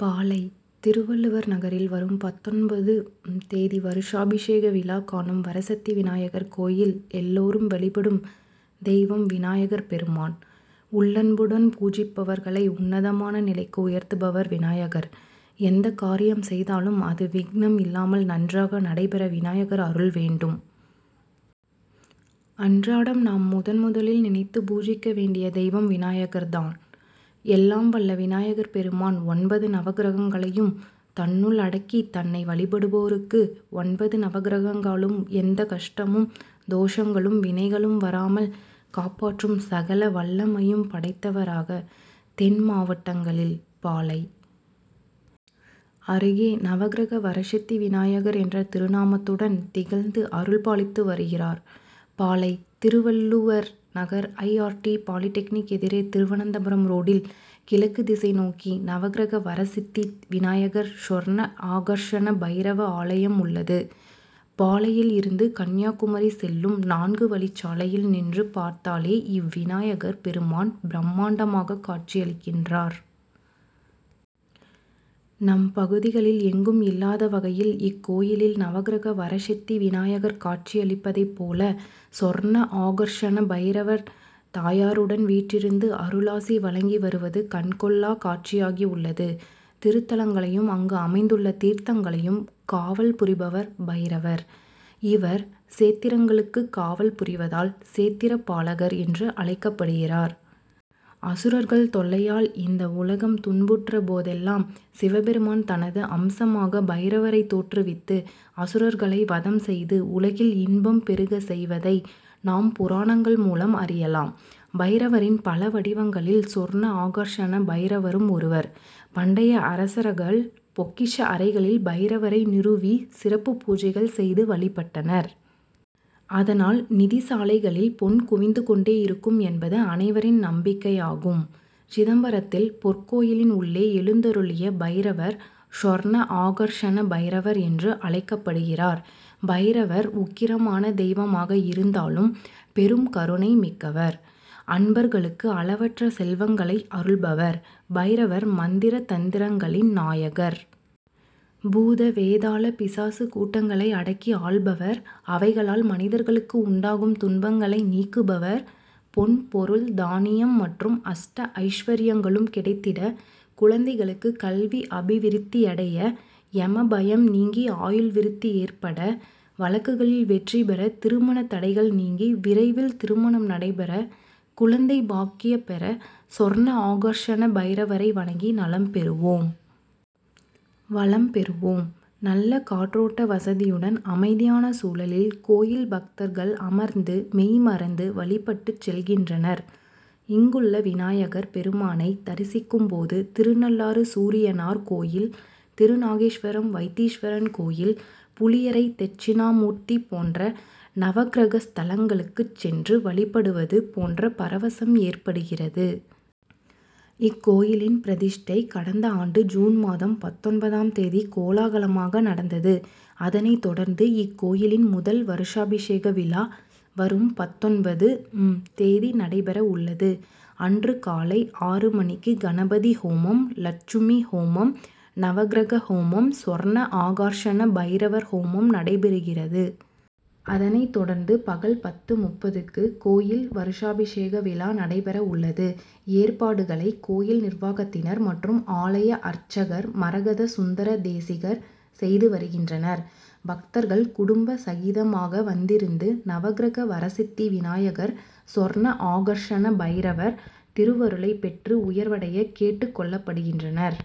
பாளை., திருவள்ளூவர் நகரில் வரும் பத்தொன்பது ம் தேதிவருஷாபிஷேக விழா காணும் வரசித்தி விநாயகர் கோயில்எல்லோரும் வழிபடும் தெய்வம் விநாயகர் பெருமான். உள்ளன்புடன் பூஜிப்பவர்களை உன்னதமான நிலைக்கு உயர்த்துபவர் விநாயகர். எந்தக் காரியம் செய்தாலும் அது விக்னம் இல்லாமல் நன்றாக நடைபெற விநாயகர் அருள் வேண்டும். அன்றாடம் நாம் முதன் முதலில் நினைத்து பூஜிக்க வேண்டிய தெய்வம் விநாயகர்தான். எல்லாம் வல்ல விநாயகர் பெருமான் ஒன்பது நவக்கிரகங்களையும் தன்னுள் அடக்கி தன்னை வழிபடுவோருக்கு ஒன்பது நவக்கிரகங்களாலும் எந்தக் கஷ்டமும், தோஷங்களும், வினைகளும் வராமல் காப்பாற்றும் சகல வல்லமையும் படைத்தவராக தென் மாவட்டங்களில் பாளை., அருகே நவக்கிரக வரசித்தி விநாயகர் என்ற திருநாமத்துடன் திகழ்ந்து அருள் பாலித்து வருகிறார். Palai., Thiruvalluvar Nagar I. R. T., polytechnic எதிரே திருவனந்தபுரம் ரோடில் கிழக்குத் திசை நோக்கி நவக்கிரக வரசித்தி விநாயகர், சொர்ண ஆகர்ஷண பைரவ ஆலயம் உள்ளது. பாளை. யில் இருந்து கன்னியாகுமரி செல்லும் நான்கு வழிச்சாலையில் நின்று பார்த்தாலே இவ்விநாயகர் பெருமான் பிரமாண்டமாக காட்சியளிக்கின்றார். நம் பகுதிகளில் எங்கும் இல்லாத வகையில் இக்கோயிலில் நவக்கிரக வரசித்தி விநாயகர் காட்சி அளிப்பதைப் போல சொர்ண ஆகர்ஷண பைரவர் தாயாருடன் வீற்றிருந்து அருளாசி வழங்கி வருவது கண்கொள்ளாக் காட்சியாக உள்ளது. திருத்தலங்களையும், அங்கு அமைந்துள்ள தீர்த்தங்களையும் காவல் புரிபவர் பைரவர். இவர் சேத்திரங்களுக்குக் காவல் புரிவதால் சேத்திரப் பாலகர் என்று அழைக்கப்படுகிறார். அசுரர்கள் தொல்லையால் இந்த உலகம் துன்புற்ற போதெல்லாம் சிவபெருமான் தனது அம்சமாக பைரவரைத் தோற்றுவித்து, அசுரர்களை வதம் செய்து உலகில் இன்பம் பெருக செய்வதை நாம் புராணங்கள் மூலம் அறியலாம். பைரவரின் பல வடிவங்களில் சொர்ண ஆகர்ஷண பைரவரும் ஒருவர். பண்டைய அரசரகள் பொக்கிஷ அறைகளில் பைரவரை நிறுவி சிறப்புப் பூஜைகள் செய்து வழிபட்டனர். அதனால் நிதிசாலைகளில் பொன் குவிந்துக் கொண்டே இருக்கும் என்பது அனைவரின் நம்பிக்கையாகும். சிதம்பரத்தில் பொற்கோயிலின் உள்ளே எழுந்தருளிய பைரவர் சொர்ண ஆகர்ஷண பைரவர் என்று அழைக்கப்படுகிறார். பைரவர் உக்கிரமான தெய்வமாக இருந்தாலும் பெரும் கருணை மிக்கவர். அன்பர்களுக்கு அளவற்ற செல்வங்களை அருள்பவர். பைரவர் மந்திர, தந்திரங்களின் நாயகர். பூத, வேதாள, பிசாசுக் கூட்டங்களை அடக்கி ஆள்பவர். அவைகளால் மனிதர்களுக்கு உண்டாகும் துன்பங்களை நீக்குபவர். பொன், பொருள், தானியம் மற்றும் அஷ்ட ஐஸ்வரியங்களும் கிடைத்திட குழந்தைகளுக்கு கல்வி அபிவிருத்தியடைய, எமபயம் நீங்கி ஆயுள் விருத்தி ஏற்பட, வழக்குகளில் வெற்றி பெற திருமணத் தடைகள் நீங்கி விரைவில் திருமணம் நடைபெற குழந்தைப் பாக்கிய பெற சொர்ண ஆகர்ஷண பைரவரை வணங்கி நலம் பெறுவோம். வளம் பெறுவோம். நல்ல காற்றோட்ட வசதியுடன் அமைதியான சூழலில் கோயில் பக்தர்கள் அமர்ந்து மெய்மறந்து வழிபட்டுச் செல்கின்றனர். இங்குள்ள விநாயகர் பெருமானைத் தரிசிக்கும்போது திருநள்ளாறு சூரியனார் கோயில், திருநாகேஸ்வரம் வைத்தீஸ்வரன் கோயில், புளியரை தெட்சிணாமூர்த்தி போன்ற நவக்கிரக ஸ்தலங்களுக்குச் சென்று வழிபடுவது போன்ற பரவசம் ஏற்படுகிறது. இக்கோயில் பிரதிஷ்டை கடந்த ஆண்டு ஜூன் மாதம் பத்தொன்பதாம் தேதி கோலாகலமாக நடந்தது. அதனைத் தொடர்ந்து இக்கோயிலின் முதல் வருஷாபிஷேக விழா வரும் பத்தொன்பது ம் தேதி நடைபெற உள்ளது. அன்று காலை ஆறு மணிக்கு கணபதி ஹோமம், லட்சுமி ஹோமம், நவக்கிரக ஹோமம், சொர்ண ஆகர்ஷண பைரவர் ஹோமம் நடைபெறுகிறது. அதனைத் தொடர்ந்து பகல் பத்து.முப்பதுக்கு கோயில் வருஷாபிஷேக விழா நடைபெற உள்ளது. ஏற்பாடுகளை கோயில் நிர்வாகத்தினர் மற்றும் ஆலய அர்ச்சகர் மரகத சுந்தர தேசிகர் செய்து வருகின்றனர். பக்தர்கள் குடும்ப சகிதமாக வந்திருந்து நவக்கிரக வரசித்தி விநாயகர், சொர்ண ஆகர்ஷண பைரவர் திருவருளைப் பெற்று உயர்வடைய கேட்டுக் கொள்ளப்படுகின்றனர்.